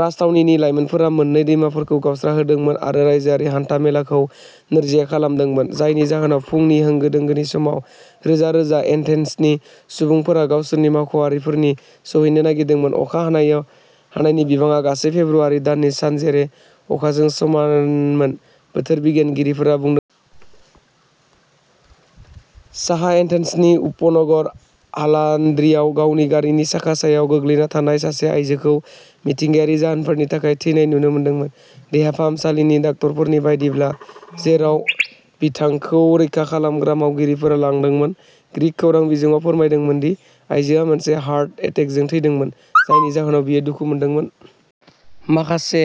राजथावनिनि लाइमोफोरा मोन्नै दैमाफोरखौ गावस्राहोदोंमोन आरो रायजोआरि हान्था मेलाखौ नोरजिया खालामदोंमोन। जायनि जाहोनाव फुंनि होंगो दोंगोनि समाव रोजा रोजा एथेन्सनि सुबुंफोरा गावसोरनि मावख'फोरनि सौहैनो नागिरदोंमोन। अखा हानायाव हानायनि बिबाङा गासै फेब्रुआरि दाननि सानजेर अखाजों समानमोन बोथोर बिगियानगिरिफोरा बुंदों। साहा एथेन्सनि उपनगर हालान्ड्रिआव गावनि गारिनि साखा सायाव गोग्लैना थानाय सासे आयजोखौ मिथिंगायारि जाहोनफोरनि थाखाय थैनाय नुनो मोनदोंमोन। देहा फाहामसालिनि डाक्टारफोरनि बायदिब्ला जेराव बिथांखौ रैखा खालामग्रा मावगिरिफोरा लांदोंमोन। ग्रीक खौरां बिजोंआव फोरमायदोंमोन दि आइजोआ मोनसे हार्ट एटेकजों थैदोंमोन जायनि जाहोनाव बियो दुखु मोनदोंमोन। माखासे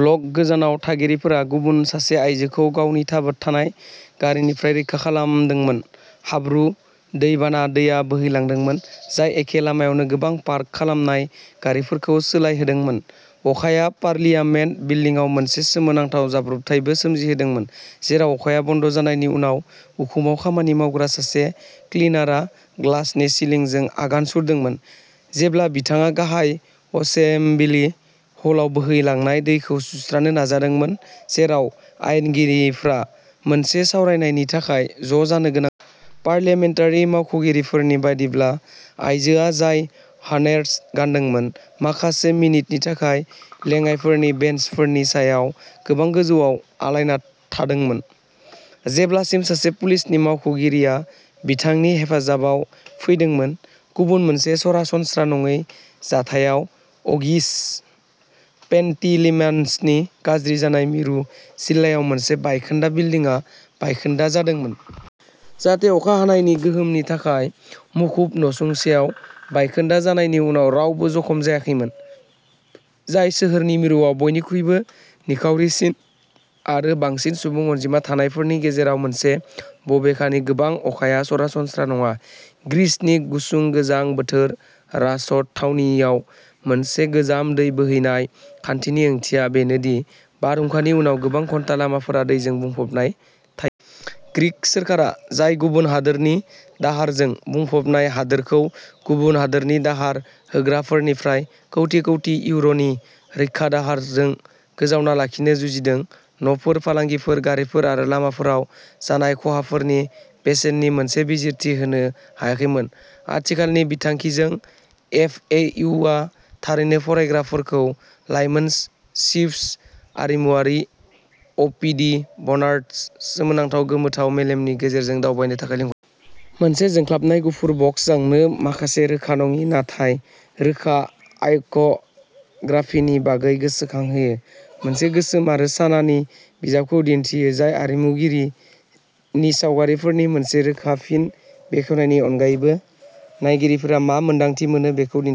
ब्लक गोजानाव थागिरिफोरा गुबुन सासे आयजोखौ गावनि थाबथानाय गारिनिफ्राय रैखा खालामदोंमोन। हाब्रु दै बाना दैया बोहैलांदोंमोन जाय एखे लामायावनो गोबां पार्क खालामनाय गारिफोरखौ सोलायहोदोंमोन। अखाया पार्लियामेन्ट बिल्डिंआव मोनसे सोमोनांथाव जाब्रबथायबो सोमजिहोदोंमोन। जेराव अखाया बन्द जानायनि उनाव उखुमआव खामानि मावग्रा सासे क्लिनारआ ग्लासनि सिलिंजों आगान सुरदोंमोन जेब्ला बिथाङा गाहाय असेम्बिलि हलआव बोहैलांनाय दैखौ सुस्रानो नाजादोंमोन जेराव आयेनगिरिफ्रा मोनसे सावरायनायनि थाखाय ज'जानो गोनां। पार्लियामेन्टारि मावख'गिरिफोरनि बायदिब्ला आयजोआ जाय हार्नेस गानदोंमोन। माखासे मिनिटनि थाखाय लेङाइफोरनि बेन्चफोरनि सायाव गोबां गोजौआव आलायना थादोंमोन। जेब्लासिम सासे पुलिस मावख'गिरिया बिथांनि हेफाजाबाव फैदोंमोन। गुबुन मोनसे सरासनस्रा नङै जाथायाव आगिइस पेन्टिलिमानसनि गाज्रि जानाय मिरु जिल्लायाव मोनसे बायखोन्दा बिल्डिंआ बायखोन्दा जादोंमोन। जाहाते अखा हानायनि गोहोमनि थाखाय मुखुब नसुंसेआव बायखोन्दा जानायनि उनाव रावबो जखम जायाखैमोन। जाय सोहोरनि मिरुआव बयनिख्रुइबो निखावरिसिन आरो बांसिन सुबुं अनजिमा थानायफोरनि गेजेराव मोनसे। बबेखानि गोबां अखाया सरासनस्रा नङा। ग्रीसनि गुसुं गोजां बोथोर राजथावनिआव मोनसे गोजाम दै बोहैनाय खान्थिनि ओंथिया बेनो दि बारहुंखानि उनाव गोबां घन्टा लामाफोरा दैजों बुंफबनाय थायो। ग्रीक सोरखारा जाय गुबुन हादोरनि दाहारजों बुंफबनाय हादोरखौ गुबुन हादोरनि दाहार होग्राफोरनिफ्राय कौटि कौटि इउर'नि रैखा दाहारजों गोजावना लाखिनो जुजिदों। न'फोर फालांगिफोर गारिफोर आरो लामाफोराव जानाय खहाफोरनि बेसेननि मोनसे बिजिरथि होनो हायाखैमोन। आथिखालनि बिथांखिजों एफ ए इउ आ थारैनो फरायग्राफोरखौ लाइमोन स्विस आरिमुवारि अ पि डि बार्नार्डस सोमोनांथाव गोमोथाव मेलेमनि गेजेरजों दावबायनो थाखाय लिंहरो। मोनसे जोंख्लाबनाय गुफुर बक्सआनो माखासे रोखा नङि नाथाय रोखा आइकग्राफिनि बागै गोसोखांहोयो मोनसे गोसोम आरो सानानि बिजाबखौ दिन्थियो। जाय आरिमुगिरिनि सावगारिफोरनि मोनसे रोखा फिन बेखेवनायनि अनगायैबो नायगिरिफोरा मा मोन्दांथि मोनो बेखौ दिन्थियो।